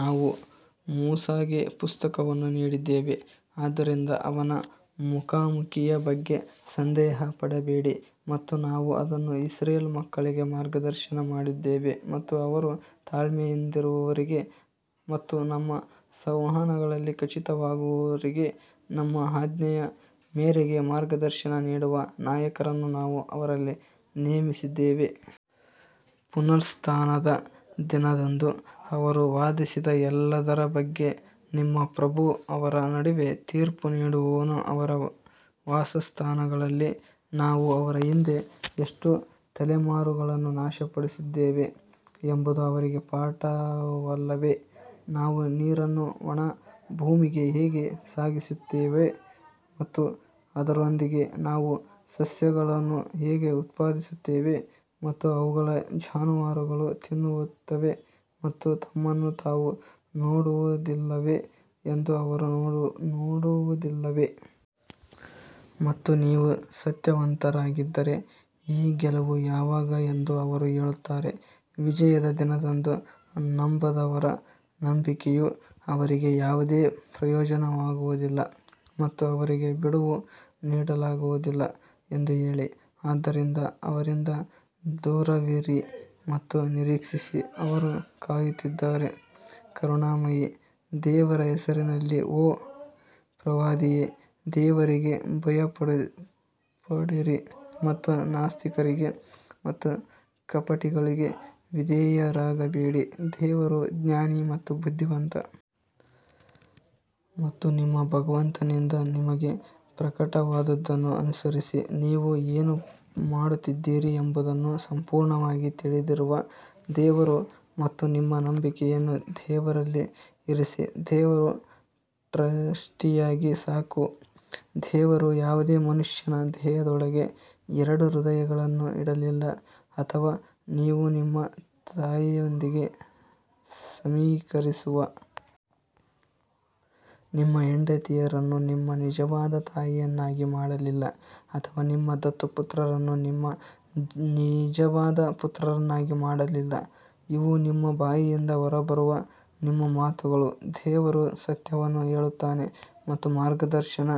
ನಾವು ಮೂಸಾಗೆ ಪುಸ್ತಕವನ್ನು ನೀಡಿದ್ದೇವೆ ಆದ್ದರಿಂದ ಅವನ ಮುಖಾಮುಖಿಯ ಬಗ್ಗೆ ಸಂದೇಹ ಪಡಬೇಡಿ ಮತ್ತು ನಾವು ಅದನ್ನು ಇಸ್ರೇಲ್ ಮಕ್ಕಳಿಗೆ ಮಾರ್ಗದರ್ಶನ ಮಾಡಿದ್ದೇವೆ ಮತ್ತು ಅವರು ತಾಳ್ಮೆಯಿಂದಿರುವವರೆಗೆ ಮತ್ತು ನಮ್ಮ ಸಂವಹನಗಳಲ್ಲಿ ಖಚಿತವಾಗಿರುವವರೆಗೆ ನಮ್ಮ ಆಜ್ಞೆಯ ಮೇರೆಗೆ ಮಾರ್ಗದರ್ಶನ ನೀಡುವ ನಾಯಕರನ್ನು ನಾವು ಅವರಲ್ಲಿ ನೇಮಿಸಿದ್ದೇವೆ. ಪುನರುತ್ಥಾನದ ದಿನದಂದು ಅವರು ವಾದಿಸಿದ ಎಲ್ಲದರ ಬಗ್ಗೆ ನಿಮ್ಮ ಪ್ರಭು ಅವರ ನಡುವೆ ತೀರ್ಪು ನೀಡುವನು ಅವರ ವಾಸಸ್ಥಾನಗಳಲ್ಲಿ ನಾವು ಅವರ ಹಿಂದೆ ಎಷ್ಟು ತಲೆಮಾರುಗಳನ್ನು ನಾಶಪಡಿಸಿದ್ದೇವೆ ಎಂಬುದು ಅವರಿಗೆ ಪಾಠವಲ್ಲವೇ? ನಾವು ನೀರನ್ನು ಒಣ ಭೂಮಿಗೆ ಹೇಗೆ ಸಾಗಿಸುತ್ತೇವೆ ಮತ್ತು ಅದರೊಂದಿಗೆ ನಾವು ಸಸ್ಯಗಳನ್ನು ಹೇಗೆ ಉತ್ಪಾದಿಸುತ್ತೇವೆ ಮತ್ತು ಅವುಗಳ ಜಾನುವಾರುಗಳು ತಿನ್ನುತ್ತವೆ ಮತ್ತು ತಮ್ಮನ್ನು ತಾವು ನೋಡುವುದಿಲ್ಲವೇ ಎಂದು ಅವರು ನೋಡುವುದಿಲ್ಲವೇ? ಮತ್ತು ನೀವು ಸತ್ಯವಂತರಾಗಿದ್ದರೆ ಈ ಗೆಲುವು ಯಾವಾಗ ಎಂದು ಅವರು ಹೇಳುತ್ತಾರೆ ವಿಜಯದ ದಿನದಂದು ನಂಬದವರ ನಂಬಿಕೆಯು ಅವರಿಗೆ ಯಾವುದೇ ಪ್ರಯೋಜನವಾಗುವುದಿಲ್ಲ ಮತ್ತು ಅವರಿಗೆ ಬಿಡುವು ನೀಡಲಾಗುವುದಿಲ್ಲ ಎಂದು ಹೇಳಿ. ಆದ್ದರಿಂದ ಅವರಿಂದ ದೂರವಿರಿ ಮತ್ತು ನಿರೀಕ್ಷಿಸಿ ಅವರೂ ಕಾಯುತ್ತಿದ್ದಾರೆ ಕರುಣಾಮಯಿ ದೇವರ ಹೆಸರಿನಲ್ಲಿ ಓ ಪ್ರವಾದಿಯೇ ದೇವರಿಗೆ ಭಯಪಡಿರಿ ಮತ್ತು ನಾಸ್ತಿಕರಿಗೆ ಮತ್ತು ಕಪಟಿಗಳಿಗೆ ವಿಧೇಯರಾಗಬೇಡಿ ದೇವರು ಜ್ಞಾನಿ ಮತ್ತು ಬುದ್ಧಿವಂತ. ಮತ್ತು ನಿಮ್ಮ ಭಗವಂತನಿಂದ ನಿಮಗೆ ಪ್ರಕಟವಾದದ್ದನ್ನು ಅನುಸರಿಸಿ, ನೀವು ಏನು ಮಾಡುತ್ತಿದ್ದೀರಿ ಎಂಬುದನ್ನು ಸಂಪೂರ್ಣವಾಗಿ ತಿಳಿದಿರುವ ದೇವರು ಮತ್ತು ನಿಮ್ಮ ನಂಬಿಕೆಯನ್ನು ದೇವರಲ್ಲಿ ಇರಿಸಿ ದೇವರು ಟ್ರಸ್ಟಿಯಾಗಿ ಸಾಕು ದೇವರು ಯಾವುದೇ ಮನುಷ್ಯನ ದೇಹದೊಳಗೆ ಎರಡು ಹೃದಯಗಳನ್ನು ಇಡಲಿಲ್ಲ ಅಥವಾ ನೀವು ನಿಮ್ಮ ತಾಯಿಯೊಂದಿಗೆ ಸಮೀಕರಿಸುವ ನಿಮ್ಮ ಹೆಂಡತಿಯರನ್ನು ನಿಮ್ಮ ನಿಜವಾದ ತಾಯಿಯನ್ನಾಗಿ ಮಾಡಲಿಲ್ಲ ಅಥವಾ ನಿಮ್ಮ ದತ್ತು ಪುತ್ರರನ್ನು ನಿಮ್ಮ ನಿಜವಾದ ಪುತ್ರರನ್ನಾಗಿ ಮಾಡಲಿಲ್ಲ ಇವು ನಿಮ್ಮ ಬಾಯಿಯಿಂದ ಹೊರಬರುವ ನಿಮ್ಮ ಮಾತುಗಳು ದೇವರು ಸತ್ಯವನ್ನು ಹೇಳುತ್ತಾನೆ ಮತ್ತು ಮಾರ್ಗದರ್ಶನ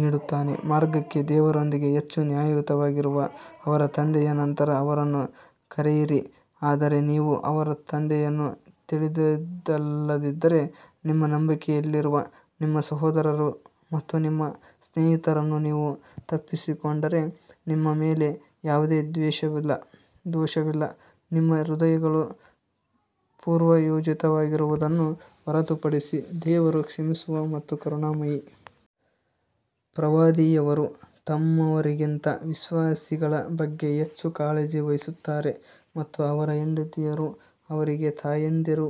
ನೀಡುತ್ತಾನೆ ಮಾರ್ಗಕ್ಕೆ ದೇವರೊಂದಿಗೆ ಹೆಚ್ಚು ನ್ಯಾಯಯುತವಾಗಿರುವ ಅವರ ತಂದೆಯ ನಂತರ ಅವರನ್ನು ಕರೆಯಿರಿ ಆದರೆ ನೀವು ಅವರ ತಂದೆಯನ್ನು ತಿಳಿದಿಲ್ಲದಿದ್ದರೆ ನಿಮ್ಮ ನಂಬಿಕೆಯಲ್ಲಿರುವ ನಿಮ್ಮ ಸಹೋದರರು ಮತ್ತು ನಿಮ್ಮ ಸ್ನೇಹಿತರನ್ನು ನೀವು ತಪ್ಪಿಸಿಕೊಂಡರೆ ನಿಮ್ಮ ಮೇಲೆ ಯಾವುದೇ ದೋಷವಿಲ್ಲ, ನಿಮ್ಮ ಹೃದಯಗಳು ಪೂರ್ವಯೋಜಿತವಾಗಿರುವುದನ್ನು ಹೊರತುಪಡಿಸಿ ದೇವರು ಕ್ಷಮಿಸುವ ಮತ್ತು ಕರುಣಾಮಯಿ. ಪ್ರವಾದಿಯವರು ತಮ್ಮವರಿಗಿಂತ ವಿಶ್ವಾಸಿಗಳ ಬಗ್ಗೆ ಹೆಚ್ಚು ಕಾಳಜಿ ವಹಿಸುತ್ತಾರೆ ಮತ್ತು ಅವರ ಹೆಂಡತಿಯರು ಅವರಿಗೆ ತಾಯಂದಿರು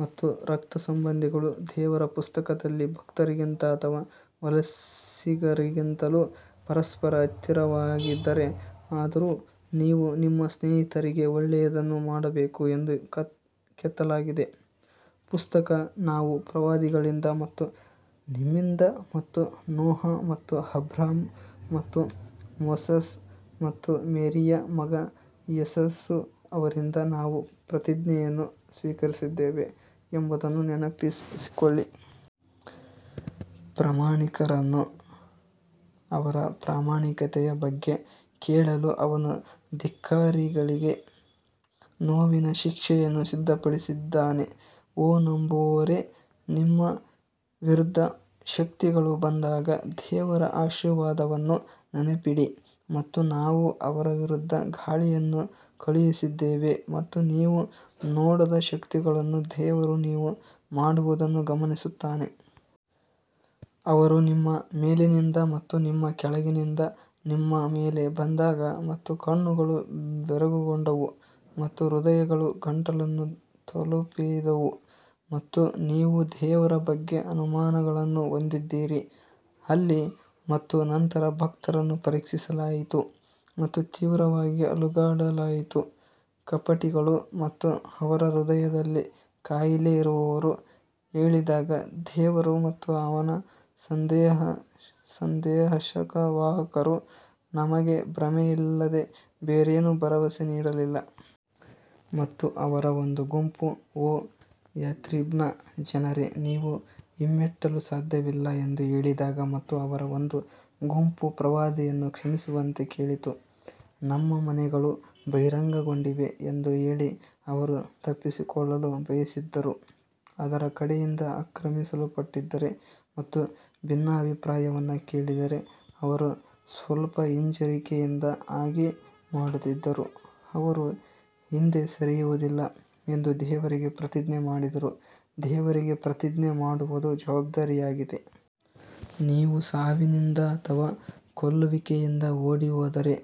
ಮತ್ತು ರಕ್ತ ಸಂಬಂಧಿಗಳು ದೇವರ ಪುಸ್ತಕದಲ್ಲಿ ಭಕ್ತರಿಗಿಂತ ಅಥವಾ ವಲಸಿಗರಿಗಿಂತಲೂ ಪರಸ್ಪರ ಹತ್ತಿರವಾಗಿದ್ದಾರೆ, ಆದರೂ ನೀವು ನಿಮ್ಮ ಸ್ನೇಹಿತರಿಗೆ ಒಳ್ಳೆಯದನ್ನು ಮಾಡಬೇಕು ಎಂದು ಕೆತ್ತಲಾಗಿದೆ. ಪುಸ್ತಕ ನಾವು ಪ್ರವಾದಿಗಳಿಂದ ಮತ್ತು ನಿಮ್ಮಿಂದ ಮತ್ತು ನೋಹ್ ಮತ್ತು ಅಬ್ರಹಾಂ ಮತ್ತು ಮೋಸೆಸ್ ಮತ್ತು ಮೇರಿಯ ಮಗ ಯೇಸು ಅವರಿಂದ ನಾವು ಪ್ರತಿಜ್ಞೆಯನ್ನು ಸ್ವೀಕರಿಸಿದ್ದೇವೆ ಎಂಬುದನ್ನು ನೆನಪಿಸಿಕೊಳ್ಳಿ. ಪ್ರಾಮಾಣಿಕರನ್ನು ಅವರ ಪ್ರಾಮಾಣಿಕತೆಯ ಬಗ್ಗೆ ಕೇಳಲು ಅವನು ಧಿಕ್ಕಾರಿಗಳಿಗೆ ನೋವಿನ ಶಿಕ್ಷೆಯನ್ನು ಸಿದ್ಧಪಡಿಸಿದ್ದಾನೆ ಓ ನಂಬುವವರೇ ನಿಮ್ಮ ವಿರುದ್ಧ ಶಕ್ತಿಗಳು ಬಂದಾಗ ದೇವರ ಆಶೀರ್ವಾದವನ್ನು ನೆನಪಿಡಿ ಮತ್ತು ನಾವು ಅವರ ವಿರುದ್ಧ ಗಾಳಿಯನ್ನು ಕಳುಹಿಸಿದ್ದೇವೆ ಮತ್ತು ನೀವು ನೋಡದ ಶಕ್ತಿಗಳನ್ನು ದೇವರು ನೀವು ಮಾಡುವುದನ್ನು ಗಮನಿಸುತ್ತಾನೆ ಅವರು ನಿಮ್ಮ ಮೇಲಿನಿಂದ ಮತ್ತು ನಿಮ್ಮ ಕೆಳಗಿನಿಂದ ನಿಮ್ಮ ಮೇಲೆ ಬಂದಾಗ ಮತ್ತು ಕಣ್ಣುಗಳು ಬೆರಗುಗೊಂಡವು ಮತ್ತು ಹೃದಯಗಳು ಗಂಟಲನ್ನು ತಲುಪಿದವು ಮತ್ತು ನೀವು ದೇವರ ಬಗ್ಗೆ ಅನುಮಾನಗಳನ್ನು ಹೊಂದಿದ್ದೀರಿ ಅಲ್ಲಿ ಮತ್ತು ನಂತರ ಭಕ್ತರನ್ನು ಪರೀಕ್ಷಿಸಲಾಯಿತು ಮತ್ತು ತೀವ್ರವಾಗಿ ಅಲುಗಾಡಲಾಯಿತು ಕಪಟಿಗಳು ಮತ್ತು ಅವರ ಹೃದಯದಲ್ಲಿ ಕಾಯಿಲೆ ಇರುವವರು ಹೇಳಿದಾಗ ದೇವರು ಮತ್ತು ಅವನ ಸಂದೇಶವಾಹಕರು ನಮಗೆ ಭ್ರಮೆಯಲ್ಲದೆ ಬೇರೇನೂ ಭರವಸೆ ನೀಡಲಿಲ್ಲ. ಮತ್ತು ಅವರ ಒಂದು ಗುಂಪು ಓ ಯಾಥ್ರಿಬ್ನ ಜನರೇ, ನೀವು ಹಿಮ್ಮೆಟ್ಟಲು ಸಾಧ್ಯವಿಲ್ಲ ಎಂದು ಹೇಳಿದಾಗ ಮತ್ತು ಅವರ ಒಂದು ಗುಂಪು ಪ್ರವಾದಿಯನ್ನು ಕ್ಷಮಿಸುವಂತೆ ಕೇಳಿತು, ನಮ್ಮ ಮನೆಗಳು ಬಹಿರಂಗಗೊಂಡಿವೆ ಎಂದು ಹೇಳಿ ಅವರು ತಪ್ಪಿಸಿಕೊಳ್ಳಲು ಬಯಸಿದ್ದರು. ಅದರ ಕಡೆಯಿಂದ ಆಕ್ರಮಿಸಲ್ಪಟ್ಟಿದ್ದರೆ ಮತ್ತು ಭಿನ್ನಾಭಿಪ್ರಾಯವನ್ನು ಕೇಳಿದರೆ ಅವರು ಸ್ವಲ್ಪ ಹಿಂಜರಿಕೆಯಿಂದ ಹಾಗೆ ಮಾಡುತ್ತಿದ್ದರು ಅವರು ಹಿಂದೆ ಸರಿಯುವುದಿಲ್ಲ ಎಂದು ದೇವರಿಗೆ ಪ್ರತಿಜ್ಞೆ ಮಾಡಿದರೂ ದೇವರಿಗೆ ಪ್ರತಿಜ್ಞೆ ಮಾಡುವುದು ಜವಾಬ್ದಾರಿಯಾಗಿದೆ. ನೀವು ಸಾವಿನಿಂದ ಅಥವಾ ಕೊಲ್ಲುವಿಕೆಯಿಂದ ಓಡಿಹೋದರೆ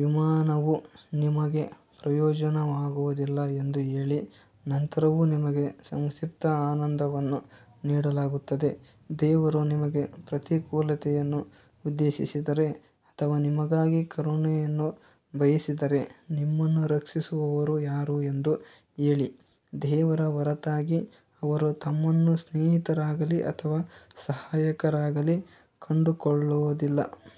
ವಿಮಾನವು ನಿಮಗೆ ಪ್ರಯೋಜನವಾಗುವುದಿಲ್ಲ ಎಂದು ಹೇಳಿ, ನಂತರವೂ ನಿಮಗೆ ಸಂಕ್ಷಿಪ್ತ ಆನಂದವನ್ನು ನೀಡಲಾಗುತ್ತದೆ ದೇವರು ನಿಮಗೆ ಪ್ರತಿಕೂಲತೆಯನ್ನು ಉದ್ದೇಶಿಸಿದರೆ ಅಥವಾ ನಿಮಗಾಗಿ ಕರುಣೆಯನ್ನು ಬಯಸಿದರೆ ನಿಮ್ಮನ್ನು ರಕ್ಷಿಸುವವರು ಯಾರು ಎಂದು ಹೇಳಿ, ದೇವರ ಹೊರತಾಗಿ ಅವರು ತಮ್ಮನ್ನು ಸ್ನೇಹಿತರಾಗಲೀ ಅಥವಾ ಸಹಾಯಕರಾಗಲೀ ಕಂಡುಕೊಳ್ಳುವುದಿಲ್ಲ.